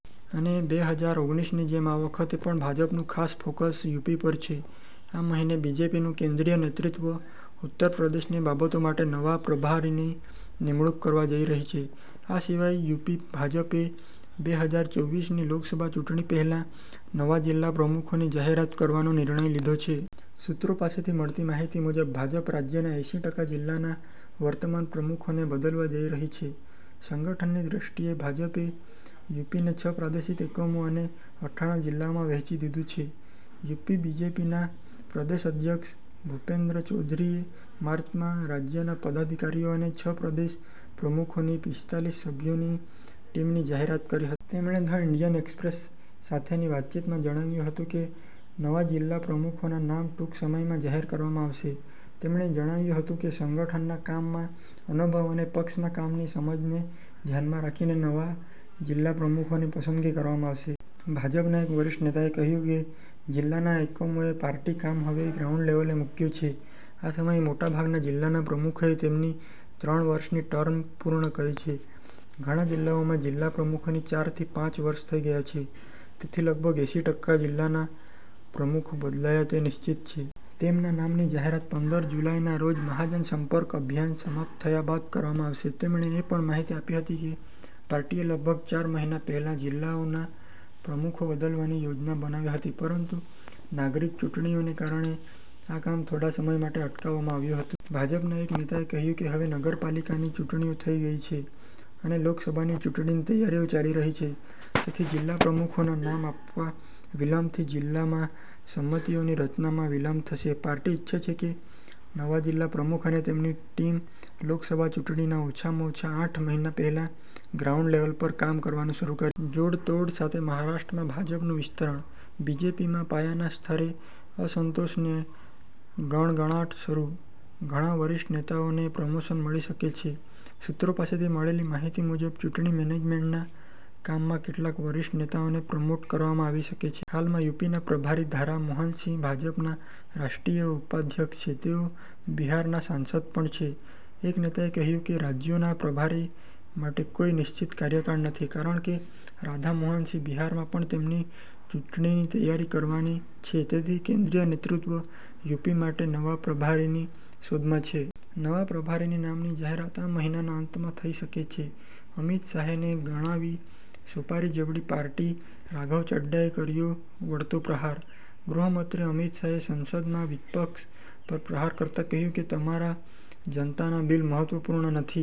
અને બે હજાર ઓગણીસની જેમ આ વખતે પણ ભાજપનું ખાસ ફોકસ યુપી પર છે. આ મહિને બીજેપીનું કેન્દ્રીય નેતૃત્વ ઉત્તર પ્રદેશની બાબતો માટે નવા પ્રભારીની નિમણૂક કરવા જઈ રહ્યું છે. આ સિવાય યુપી ભાજપે બે હજાર ચોવીસની લોકસભા ચૂંટણી પહેલા નવા જિલ્લા પ્રમુખોની જાહેરાત કરવાનો નિર્ણય લીધો છે. સૂત્રો પાસેથી મળતી માહિતી મુજબ, ભાજપ રાજ્યના એંસી ટકા જિલ્લાના વર્તમાન પ્રમુખોને બદલવા જઈ રહી છે. સંગઠનની દૃષ્ટિએ ભાજપે યુપીને છ પ્રાદેશિક એકમો અને અઠ્ઠાણું જિલ્લાઓમાં વહેંચી દીધું છે. યુપી બીજેપીના પ્રદેશ અધ્યક્ષ ભૂપેન્દ્ર ચૌધરીએ માર્ચમાં રાજ્યના પદાધિકારીઓ અને છ પ્રદેશ પ્રમુખોની પિસ્તાલીસ સભ્યોની ટીમની જાહેરાત કરી હતી. તેમણે ધ ઈન્ડિયન એક્સપ્રેસ સાથેની વાતચીતમાં જણાવ્યું હતું કે, નવા જિલ્લા પ્રમુખોના નામ ટૂંક સમયમાં જાહેર કરવામાં આવશે. તેમણે જણાવ્યું હતું કે, સંગઠનના કામમાં અનુભવ અને પક્ષના કામની સમજને ધ્યાનમાં રાખીને નવા જિલ્લા પ્રમુખોની પસંદગી કરવામાં આવશે. ભાજપના એક વરિષ્ઠ નેતાએ કહ્યું કે, જિલ્લાના એકમોએ પાર્ટીનું કામ હવે ગ્રાઉન્ડ લેવલે મૂક્યું છે. આ સમયે મોટાભાગના જિલ્લાના પ્રમુખોએ તેમની ત્રણ વર્ષની ટર્મ પૂર્ણ કરી છે. ઘણા જિલ્લાઓમાં જિલ્લા પ્રમુખોને ચાર થી પાંચ વર્ષ થઈ ગયા છે, તેથી લગભગ એંસી ટકા જિલ્લાઓના પ્રમુખો બદલાય તે નિશ્ચિત છે. તેમના નામની જાહેરાત પંદર જુલાઈના રોજ 'મહાજન સંપર્ક અભિયાન' સમાપ્ત થયા બાદ કરવામાં આવશે. તેમણે એ પણ માહિતી આપી હતી કે, પાર્ટીએ લગભગ ચાર મહિના પહેલા જિલ્લાઓમાં પ્રમુખો બદલવાની યોજના બનાવી હતી, પરંતુ નાગરિક ચૂંટણીઓને કારણે, આ કામ થોડા સમય માટે અટકાવવામાં આવ્યું હતું. ભાજપના એક નેતાએ કહ્યું કે, હવે નગરપાલિકાની ચૂંટણીઓ થઈ ગઈ છે અને લોકસભાની ચૂંટણીની તૈયારીઓ ચાલી રહી છે, તેથી જિલ્લા પ્રમુખોના નામ આપવામાં વિલંબથી જિલ્લામાં સમિતિઓની રચનામાં વિલંબ થશે. પાર્ટી ઈચ્છે છે કે, નવા જિલ્લા પ્રમુખ અને તેમની ટીમ લોકસભા ચૂંટણીના ઓછામાં ઓછા આઠ મહિના પહેલા ગ્રાઉન્ડ લેવલ પર કામ કરવાનું શરૂ કરે. 'જોડ-તોડ' સાથે મહારાષ્ટ્રમાં ભાજપનું વિસ્તરણ, બીજેપીમાં પાયાના સ્તરે અસંતોષનો ગણગણાટ શરૂ, ઘણા વરિષ્ઠ નેતાઓને પ્રમોશન મળી શકે છે. સૂત્રો પાસેથી મળેલી માહિતી મુજબ, ચૂંટણી મેનેજમેન્ટના કામમાં કેટલાક વરિષ્ઠ નેતાઓને પ્રમોટ કરવામાં આવી શકે છે. હાલમાં યુપીના પ્રભારી રાધા મોહન સિંહ ભાજપના રાષ્ટ્રીય ઉપાધ્યક્ષ છે. તેઓ બિહારના સાંસદ પણ છે. એક નેતાએ કહ્યું કે, રાજ્યોના પ્રભારી માટે કોઈ નિશ્ચિત કાર્યકાળ નથી કારણ કે, રાધા મોહન સિંહે બિહારમાં પણ તેમની ચૂંટણીની તૈયારી કરવાની છે, તેથી કેન્દ્રીય નેતૃત્વ યુપી માટે નવા પ્રભારીની શોધમાં છે. નવા પ્રભારીના નામની જાહેરાત આ મહિનાના અંતમાં થઈ શકે છે. અમિત શાહે ને ગણાવી સોપારી જેવડી પાર્ટી, રાઘવ ચઠ્ઠાએ કર્યો વળતો પ્રહાર: ગૃહમંત્રી અમિત શાહે સદનમાં વિપક્ષ પર પ્રહાર કરતા કહ્યું કે તમારા માટે જનતાના બિલ મહત્વપૂર્ણ નથી.